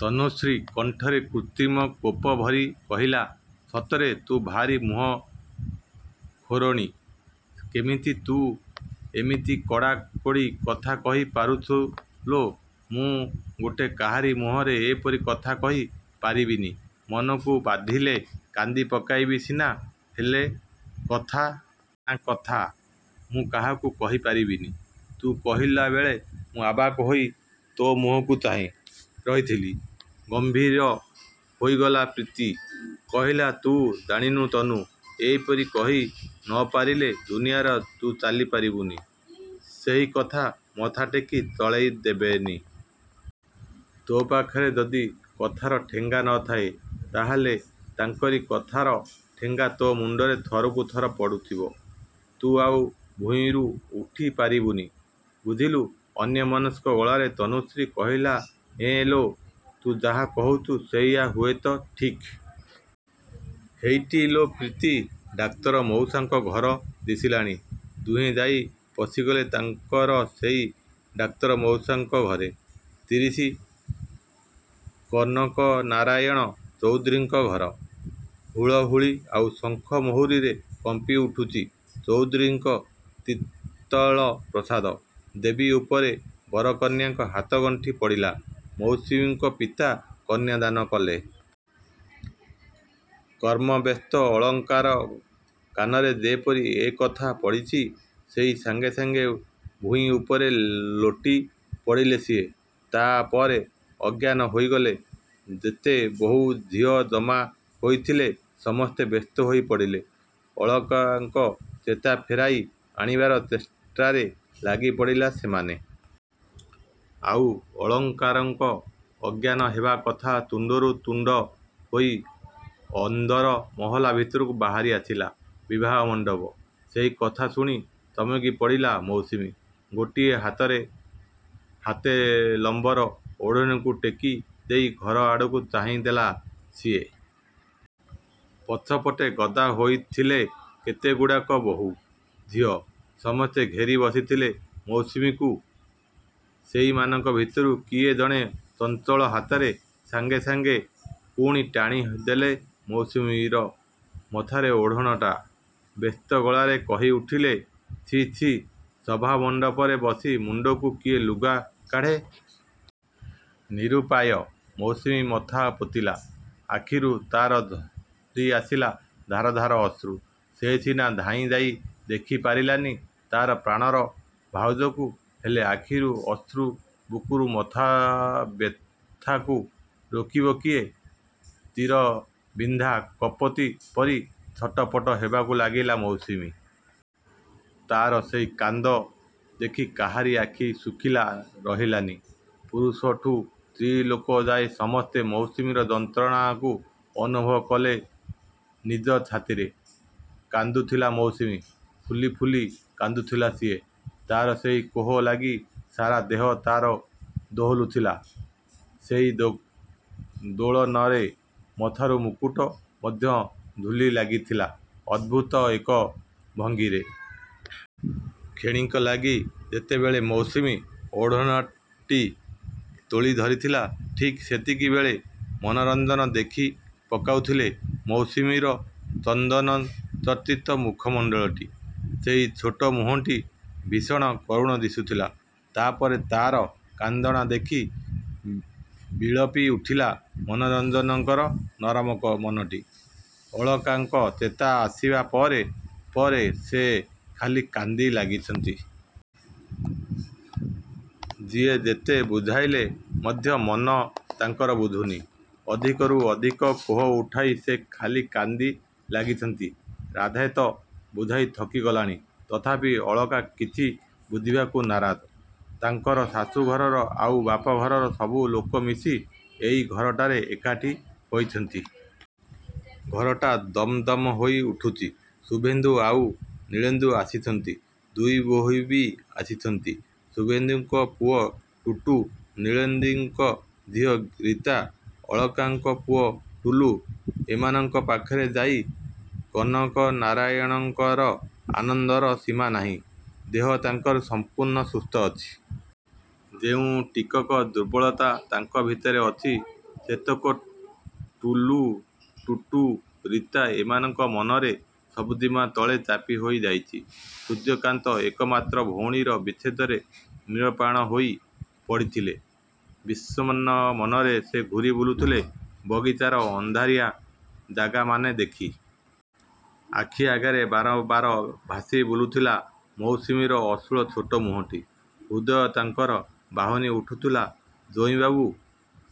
ତନୁଶ୍ରୀ କଣ୍ଠରେ କୃତ୍ରିମ କୋପ ଭରି କହିଲା ସତରେ ତୁ ଭାରି ମୁହଁ ଖୋରଣୀ। କେମିତି ତୁ ଏମିତି କଡ଼ା କଡ଼ି କଥା କହି ପାରୁଛୁ ଲୋ? ମୁଁ ଗୋଟେ କାହାରି ମୁହଁରେ ଏପରି କଥା କହି ପାରିବିନି। ମନକୁ ବାଧିଲେ କାନ୍ଦି ପକାଇବି ସିନା, ହେଲେ କଥା? ନା କଥା ମୁଁ କାହାକୁ କହି ପାରିବିନି। ତୁ କହିଲା ବେଳେ ମୁଁ ଆବାକ୍ ହୋଇ ତୋ ମୁହଁକୁ ଚାହିଁ ରହିଥିଲି। ଗମ୍ଭୀର ହୋଇଗଲା ପ୍ରୀତି, କହିଲା ତୁ ଜାଣିନୁ ତନୁ, ଏପରି କହି ନ ପାରିଲେ ଦୁନିଆର ତୁ ଚାଲି ପାରିବୁନି। ସେହି ତତେ ମଥା ଟେକି ଚଳାଇ ଦେବେନି। ତୋ ପାଖରେ ଯଦି କଥାର ଠେଙ୍ଗା ନ ଥାଏ, ତାହେଲେ ତାଙ୍କରି କଥାର ଠେଙ୍ଗା ତୋ ମୁଣ୍ଡରେ ଥରକୁ ଥର ପଡ଼ୁଥିବ। ତୁ ଆଉ ଭୂଇଁରୁ ଉଠି ପାରିବୁନି। ବୁଝିଲୁ? ଅନ୍ୟମନସ୍କ ଗଳାରେ ତନୁଶ୍ରୀ କହିଲା ହେଁ ଲୋ, ତୁ ଯାହା କହୁଛୁ ସେଇଆ ହୁଏତ ଠିକ୍। ହେଇଟି ଲୋ ପ୍ରୀତି, ଡାକ୍ତର ମଉସାଙ୍କ ଘର ଦିଶିଲାଣି। ଦୁହେଁ ଯାଇ ପଶିଗଲେ ତାଙ୍କର ସେଇ ଡାକ୍ତର ମଉସାଙ୍କ ଘରେ। ତିରିଶି, କନକନାରାୟଣ ଚୌଧୁରୀଙ୍କ ଘର। ହୁଳହୁଳି ଆଉ ଶଙ୍ଖ ମହୁରୀରେ କମ୍ପି ଉଠୁଛି ଚୌଧୁରୀଙ୍କ ତ୍ରିତଳ ପ୍ରାସାଦ। ବେଦୀ ଉପରେ ବରକନ୍ୟାଙ୍କ ହାତଗଣ୍ଠି ପଡ଼ିଲା, ମୌସୁମୀଙ୍କ ପିତା କନ୍ୟାଦାନ କଲେ। କର୍ମବ୍ୟସ୍ତ ଅଳଙ୍କାର କାନରେ ଯେପରି ଏ କଥା ପଡ଼ିଛି, ସେଇ ସାଙ୍ଗେ ସାଙ୍ଗେ ଭୂଇଁ ଉପରେ ଲୋଟି ପଡ଼ିଲେ ସିଏ। ତା' ପରେ ଅଜ୍ଞାନ ହୋଇଗଲେ। ଯେତେ ବୋହୂ ଝିଅ ଜମା ହୋଇଥିଲେ ସମସ୍ତେ ବ୍ୟସ୍ତ ହୋଇ ପଡ଼ିଲେ। ଅଳକାଙ୍କ ଚେତା ଫେରାଇ ଆଣିବାର ଚେଷ୍ଟାରେ ଲାଗି ପଡ଼ିଲେ ସେମାନେ। ଆଉ ଅଳଙ୍କାରଙ୍କ ଅଜ୍ଞାନ ହେବା କଥା ତୁଣ୍ଡରୁ ତୁଣ୍ଡ ହୋଇ ଅନ୍ଦର ମହଲା ଭିତରୁ ବାହାରି ଆସିଲା ବିବାହ ମଣ୍ଡପ। ସେଇ କଥା ଶୁଣି ଚମକି ପଡ଼ିଲା ମୌସୁମୀ। ଗୋଟିଏ ହାତରେ ହାତେ ଲମ୍ବର ଓଢ଼ଣାକୁ ଟେକି ଦେଇ ଘର ଆଡ଼କୁ ଚାହିଁ ଦେଲା ସିଏ। ପଛପଟେ ଗଦା ହୋଇଥିଲେ କେତେଗୁଡାକ ବୋହୂ ଝିଅ। ସମସ୍ତେ ଘେରି ବସିଥିଲେ ମୌସୁମୀକୁ। ସେଇମାନଙ୍କ ଭିତରୁ କିଏ ଜଣେ ଚଞ୍ଚଳ ହାତରେ ସାଙ୍ଗେ ସାଙ୍ଗେ ପୁଣି ଟାଣି ଦେଲେ ମୌସୁମୀର ମଥାରେ ଓଢ଼ଣାଟା। ବେସ୍ତ ଗଳାରେ କହି ଉଠିଲେ ଛି, ଛି, ସଭାମଣ୍ଡପରେ ବସି ମୁଣ୍ଡକୁ କିଏ ଲୁଗା କାଢ଼େ? ନିରୁପାୟ ମୌସୁମୀ ମଥା ପୋତିଲା। ଆଖିରୁ ତା'ର ଝରି ଆସିଲା ଧାର ଧାର ଅଶ୍ରୁ। ସେ ସିନା ଧାଇଁ ଯାଇ ଦେଖି ପାରିଲାନି ତା'ର ପ୍ରାଣର ଭାଉଜକୁ, ହେଲେ ଆଖିରୁ ଅଶ୍ରୁ, ବୁକୁରୁ ମଥା ବ୍ୟଥାକୁ ରୋକିବ କିଏ? ତୀର ବିନ୍ଧା କପୋତୀ ପରି ଛଟପଟ ହେବାକୁ ଲାଗିଲା ମୌସୁମୀ। ତା'ର ସେଇ କାନ୍ଦ ଦେଖି କାହାରି ଆଖି ଶୁଖିଲା ରହିଲାନି। ପୁରୁଷଠୁ ସ୍ତ୍ରୀଲୋକ ଯାଏ ସମସ୍ତେ ମୌସୁମୀର ଯନ୍ତ୍ରଣାକୁ ଅନୁଭବ କଲେ ନିଜ ଛାତିରେ। କାନ୍ଦୁଥିଲା ମୌସୁମୀ। ଫୁଲି ଫୁଲି କାନ୍ଦୁଥିଲା ସିଏ। ତା'ର ସେହି କୋହ ଲାଗି ସାରା ଦେହ ତା'ର ଦୋହଲୁଥିଲା। ସେଇ ଦୋଳନରେ ମଥାର ମୁକୁଟ ମଧ୍ୟ ଝୁଲି ଲାଗିଥିଲା ଅଦ୍ଭୁତ ଏକ ଭଙ୍ଗୀରେ। କ୍ଷଣିକ ଲାଗି ଯେତେବେଳେ ମୌସୁମୀ ଓଢ଼ଣାଟି ତୋଳି ଧରିଥିଲା, ଠିକ୍ ସେତିକିବେଳେ ମନୋରଞ୍ଜନ ଦେଖି ପକାଉଥିଲେ ମୌସୁମୀର ଚନ୍ଦନଚର୍ଚ୍ଚିତ ମୁଖମଣ୍ଡଳଟି। ସେଇ ଛୋଟ ମୁହଁଟି ଭୀଷଣ କରୁଣ ଦିଶୁଥିଲା। ତା' ପରେ ତା'ର କାନ୍ଦଣା ଦେଖି ବିଳପି ଉଠିଲା ମନୋରଞ୍ଜନଙ୍କର ନରମ ମନଟି। ଅଳକାଙ୍କ ଚେତା ଆସିବା ପରେ ପରେ ସେ ଖାଲି କାନ୍ଦି ଲାଗିଛନ୍ତି। ଯିଏ ଯେତେ ବୁଝାଇଲେ ମଧ୍ୟ ମନ ତାଙ୍କର ବୁଝୁନି। ଅଧିକରୁ ଅଧିକ କୋହ ଉଠାଇ ସେ ଖାଲି କାନ୍ଦି ଲାଗିଛନ୍ତି। ରାଧା ତ ବୁଝାଇ ଥକି ଗଲାଣି। ତଥାପି ଅଳକା କିଛି ବୁଝିବାକୁ ନାରାଜ। ତାଙ୍କର ଶାଶୂଘରର ଆଉ ବାପଘରର ସବୁ ଲୋକ ମିଶି ଏଇ ଘରଟାରେ ଏକାଠି ହୋଇଛନ୍ତି। ଘରଟା ଦମ୍ ଦମ୍ ହୋଇ ଉଠୁଛି। ଶୁଭେନ୍ଦୁ ଆଉ ନୀଳେନ୍ଦୁ ଆସିଛନ୍ତି। ଦୁଇ ବୋହୂ ବି ଆସିଛନ୍ତି। ଶୁଭେନ୍ଦୁଙ୍କ ପୁଅ ଟୁଟୁ, ନୀଳେନ୍ଦୀଙ୍କ ଝିଅ ରୀତା, ଅଳକାଙ୍କ ପୁଅ ଟୁଲୁ ଏମାନଙ୍କ ପାଖେରେ ପାଇ କନକନାରାୟଣଙ୍କର ଆନନ୍ଦର ସୀମା ନାହିଁ। ଦେହ ତାଙ୍କର ସମ୍ପୂର୍ଣ୍ଣ ସୁସ୍ଥ ଅଛି। ଯେଉଁ ଟିକକ ଦୁର୍ବଳତା ତାଙ୍କ ଭିତରେ ଅଛି, ସେତକ ଟୁଲୁ, ଟୁଟୁ, ରୀତା ଏମାନଙ୍କ ମନରେ ସବୁଜିମା ତଳେ ଚାପି ହୋଇ ଯାଇଛି। ସୂର୍ଯ୍ୟକାନ୍ତ ଏକମାତ୍ର ଭଉଣୀର ବିଚ୍ଛେଦରେ ମ୍ରିୟମାଣ ହୋଇ ପଡ଼ିଥିଲେ। ବିଷନ୍ନ ମନରେ ସେ ଘୂରି ବୁଲୁଥିଲେ ବଗିଚାର ଅନ୍ଧାରିଆ ଜାଗାମାନେ ଦେଖି। ଆଖି ଆଗରେ ବାର ବାର ଭାସି ବୁଲୁଥିଲା ମୌସୁମୀର ଅଶ୍ରୁଳ ଛୋଟ ମୁହଁଟି। ହୃଦୟ ତାଙ୍କର ବାହୁନି ଉଠୁଥିଲା। ଜୋଇଁବାବୁ।